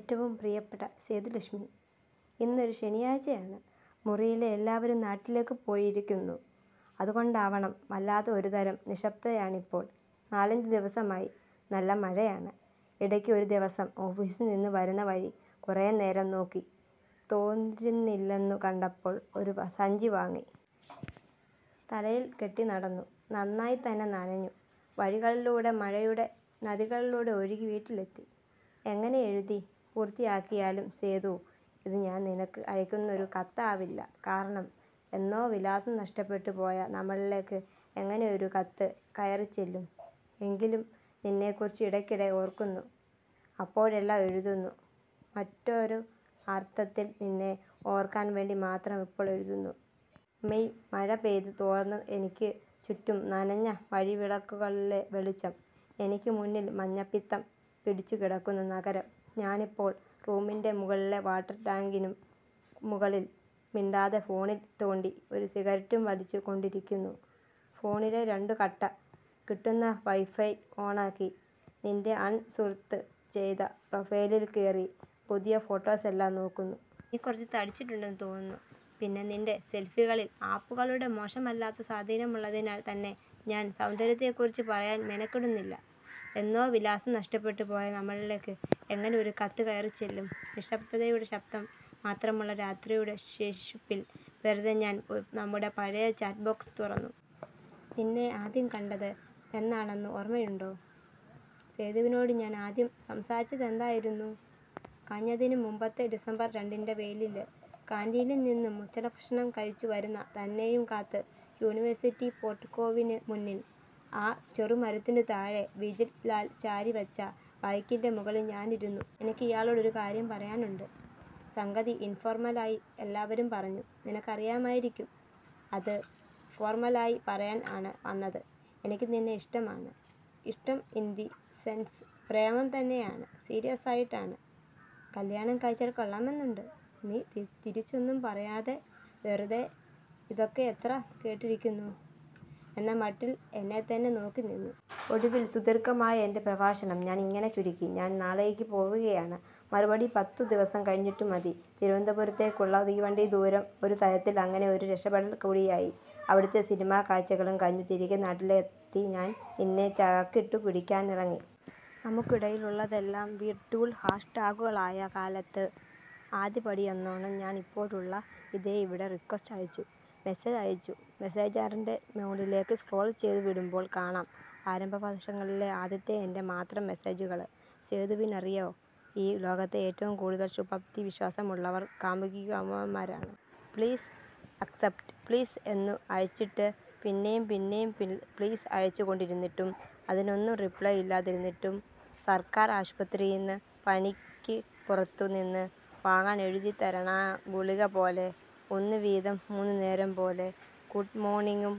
ഏറ്റവും പ്രിയപ്പെട്ട സേതുലക്ഷ്മി, ഇന്നൊരു ശനിയാഴ്ചയാണ്. മുറിയിലെ എല്ലാവരും നാട്ടിലേക്ക് പോയിരിക്കുന്നു. അതുകൊണ്ടാവണം വല്ലാത്ത ഒരുതരം നിശബ്ദതയാണിപ്പോൾ. നാലഞ്ചു ദിവസമായി നല്ല മഴയാണ്. ഇടയ്ക്ക് ഒരു ദിവസം ഓഫീസില്‍ നിന്ന് വരുന്ന വഴി കുറെ നേരം നോക്കി. തോരുന്നില്ലെന്നു കണ്ടപ്പോള്‍ ഒരു സഞ്ചി വാങ്ങി. തലയില്‍ കെട്ടി നടന്നു. നന്നായിത്തന്നെ നനഞ്ഞു. വഴികളിലൂടെ, മഴയുടെ നദികളിലൂടെ ഒഴുകി വീട്ടിലെത്തി. എങ്ങനെ എഴുതി പൂര്‍ത്തിയാക്കിയാലും സേതു. ഇത് ഞാന്‍ നിനക്ക് അയക്കുന്നൊരു കത്താവില്ല. കാരണം എന്നോ വിലാസം നഷ്ടപ്പെട്ട് പോയ നമ്മളിലേക്ക് എങ്ങനെ ഒരു കത്ത് കയറിച്ചെല്ലും? എങ്കിലും നിന്നെക്കുറിച്ചു ഇടയ്ക്കിടെ ഓര്‍ക്കുന്നു, അപ്പോഴെല്ലാം എഴുതുന്നു, മറ്റൊരുഅർത്തത്തിൽ നിന്നെ ഓര്‍ക്കാന്‍ വേണ്ടി മാത്രം ഇപ്പോള്‍ എഴുതുന്നു. മേയ് മഴ പെയ്ത് തോര്‍ന്ന് എനിക്ക് ചുറ്റും, നനഞ്ഞ വഴിവിളക്കുകളിലെ വെളിച്ചം. എനിക്ക് മുന്നില്‍ മഞ്ഞപ്പിത്തം പിടിച്ചു കിടക്കുന്ന നഗരം. ഞാനിപ്പോൾ റൂമിന്റെ മുകളിലെ വാട്ടര്‍ ടാങ്കിനും മുകളില്‍ മിണ്ടാതെ ഫോണില്‍ തോണ്ടി ഒരു സിഗരറ്റും വലിച്ചു കൊണ്ടിരിക്കുന്നു. ഫോണിലെ ' രണ്ടു കട്ട ' കിട്ടുന്ന വൈഫൈ ഓണാക്കി നിന്‍റെ ആൺ സുഹൃത്ത് ചെയ്ത പ്രൊഫൈലിൽ കേറി പുതിയ ഫോട്ടോസെല്ലാം നോക്കുന്നു. നീ കുറച്ചു തടിച്ചിട്ടുണ്ടെന്നു തോന്നുന്നു. പിന്നെ നിന്‍റെ സെൽഫികളിൽ ആപ്പുകളുടെ മോശമല്ലാത്ത സ്വാധീനമുള്ളതിനാൽ തന്നെ ഞാന്‍ സൗന്ദര്യത്തെക്കുറിച്ചു പറയാന്‍ മെനക്കെടുന്നില്ല. എന്നോ വിലാസം നഷ്ടപ്പെട്ട് പോയ നമ്മളിലേക്ക് എങ്ങനെ ഒരു കത്ത് കയറിച്ചെല്ലും? നിശ്ശബ്ദതയുടെ ശബ്ദം മാത്രമുള്ള രാത്രിയുടെ ശേഷിപ്പിൽ വെറുതെ ഞാന്‍ നമ്മുടെ പഴയ ചാറ്റ് ബോക്സ് തുറന്നു. നിന്നെ ആദ്യം കണ്ടത് എന്നാണെന്നു ഓര്മ്മയുണ്ടോ? സേതുവിനോട് ഞാന്‍ ആദ്യം സംസാരിച്ചതെന്തായിരുന്നു? കഴിഞ്ഞതിനും മുമ്പത്തെ ഡിസംബര്‍ രണ്ടിന്‍റെ വെയിലില് കാന്‍റീനില്‍ നിന്നും ഉച്ചഭക്ഷണം കഴിച്ചു വരുന്ന തന്നെയും കാത്ത് യൂണിവേഴ്സിറ്റി പോർട്ടിക്കോവിന് മുന്നില്‍, ആ ചെറുമരത്തിനു താഴെ വിജിൽ ലാല്‍ ചാരി വെച്ച ബൈക്കിന്‍റെ മുകളില്‍ ഞാനിരുന്നു. ' എനിക്ക് ഇയാളോട് ഒരു കാര്യം പറയാനുണ്ട്. സംഗതി ഇൻഫോർമലായി എല്ലാവരും പറഞ്ഞു നിനക്കറിയാമായിരിക്കും. അത് ഫോർമലായ് പറയാന്‍ ആണ് വന്നത്. എനിക്ക് നിന്നെ ഇഷ്ടമാണ്. ഇഷ്ടം ഇന്‍ ദി സെന്‍സ് പ്രേമം തന്നെയാണ്. സീരിയസായിട്ടാണ്. കല്യാണം കഴിച്ചാല്‍ കൊള്ളാമെന്നുണ്ട് ' നീ തിരിച്ചൊന്നും പറയാതെ വെറുതേ ' ഇതൊക്കെ എത്ര കേട്ടിരിക്കുന്നു ' എന്ന മട്ടില്‍ എന്നെത്തന്നെ നോക്കി നിന്നു. ഒടുവില്‍ സുദീര്‍ഘമായ എന്‍റെ പ്രഭാഷണം ഞാന്‍ ഇങ്ങനെ ചുരുക്കി: ' ഞാന്‍ നാളെയ്ക്ക് പോവുകയാണ്. മറുപടി പത്തു ദിവസം കഴിഞ്ഞിട്ടു മതി ' തിരുവനന്തപുരത്തേക്കുള്ള തീവണ്ടിദൂരം ഒരു തരത്തില്‍ അങ്ങനെ ഒരു രക്ഷപ്പെടല്‍ കൂടിയായി. അവിടത്തെ സിനിമാ കാഴ്ചകളും കഴിഞ്ഞു തിരികെ നാട്ടിലെത്തി ഞാന്‍ നിന്നെ ചാക്കിട്ടു പിടിക്കാനിറങ്ങി. നമുക്കിടയിലുള്ളതെല്ലാം വീർട്യുൽ ഹാഷ് ടാഗുകളായ കാലത്ത്, ആദ്യപടിയെന്നോണം ഞാന്‍ ഇപ്പോഴുള്ള ഇതേ ഇവിടെ റിക്വസ്റ്റ് അയച്ചു, മെസ്സേജ് അയച്ചു, മെസ്സഞ്ചറിന്റെ മോളിലേക്ക് സ്ക്രോള്‍ ചെയ്തു വിടുമ്പോള്‍ കാണാം ആരംഭദശകങ്ങളിലെ ആദ്യത്തെ എന്‍റെ മാത്രം മെസ്സേജുകള്! സേതുവിനറിയോ ഈ ലോകത്തെ ഏറ്റവും കൂടുതല്‍ ശുഭാപ്തി വിശ്വാസമുള്ളവർ കാമുകികാമുകന്മാരാണ്. ' പ്ലീസ്, ആക്സപ്റ്റ് പ്ലീസ് 'എന്നു അയച്ചിട്ട്, പിന്നെയും പിന്നെയും ' പ്ലീസ് ' അയച്ചു കൊണ്ടിരുന്നിട്ടും അതിനൊന്നും റിപ്ലെ ഇല്ലാതിരുന്നിട്ടും സര്‍ക്കാര്‍ ആശുപത്രീന്ന് പനിക്ക് പുറത്തു നിന്ന് വാങ്ങനെഴുതിത്തരണ ഗുളിക പോലെ ' ഒന്നു വീതം മൂന്നുനേരം ' പോലെ ഗൂഡമോർണിങ്ങും,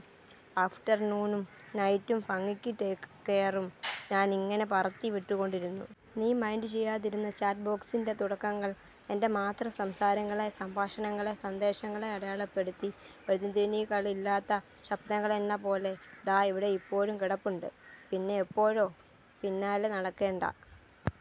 ആഫ്റ്റർനൂണും, നൈറ്റും ഭംഗിക്ക് ടേക്ക് കെയറും ഞാനിങ്ങനെ പറത്തി വിട്ടുകൊണ്ടിരുന്നു. നീ മൈന്ഡ് ചെയ്യാതിരുന്ന ചാറ്റ് ബോക്സിന്‍റെ തുടക്കങ്ങള്‍, എന്‍റെ മാത്രം സംസാരങ്ങളെ, സംഭാഷണങ്ങളെ, സന്ദേശങ്ങളെ അടയാളപ്പെടുത്തി പ്രതിധ്വനികളില്ലാത്ത ശബ്ദങ്ങളെന്ന പോലെ ദാ ഇവിടെയിപ്പോഴും കിടപ്പുണ്ട്. പിന്നെ എപ്പോഴോ ' പിന്നാലെ നടക്കേണ്ട.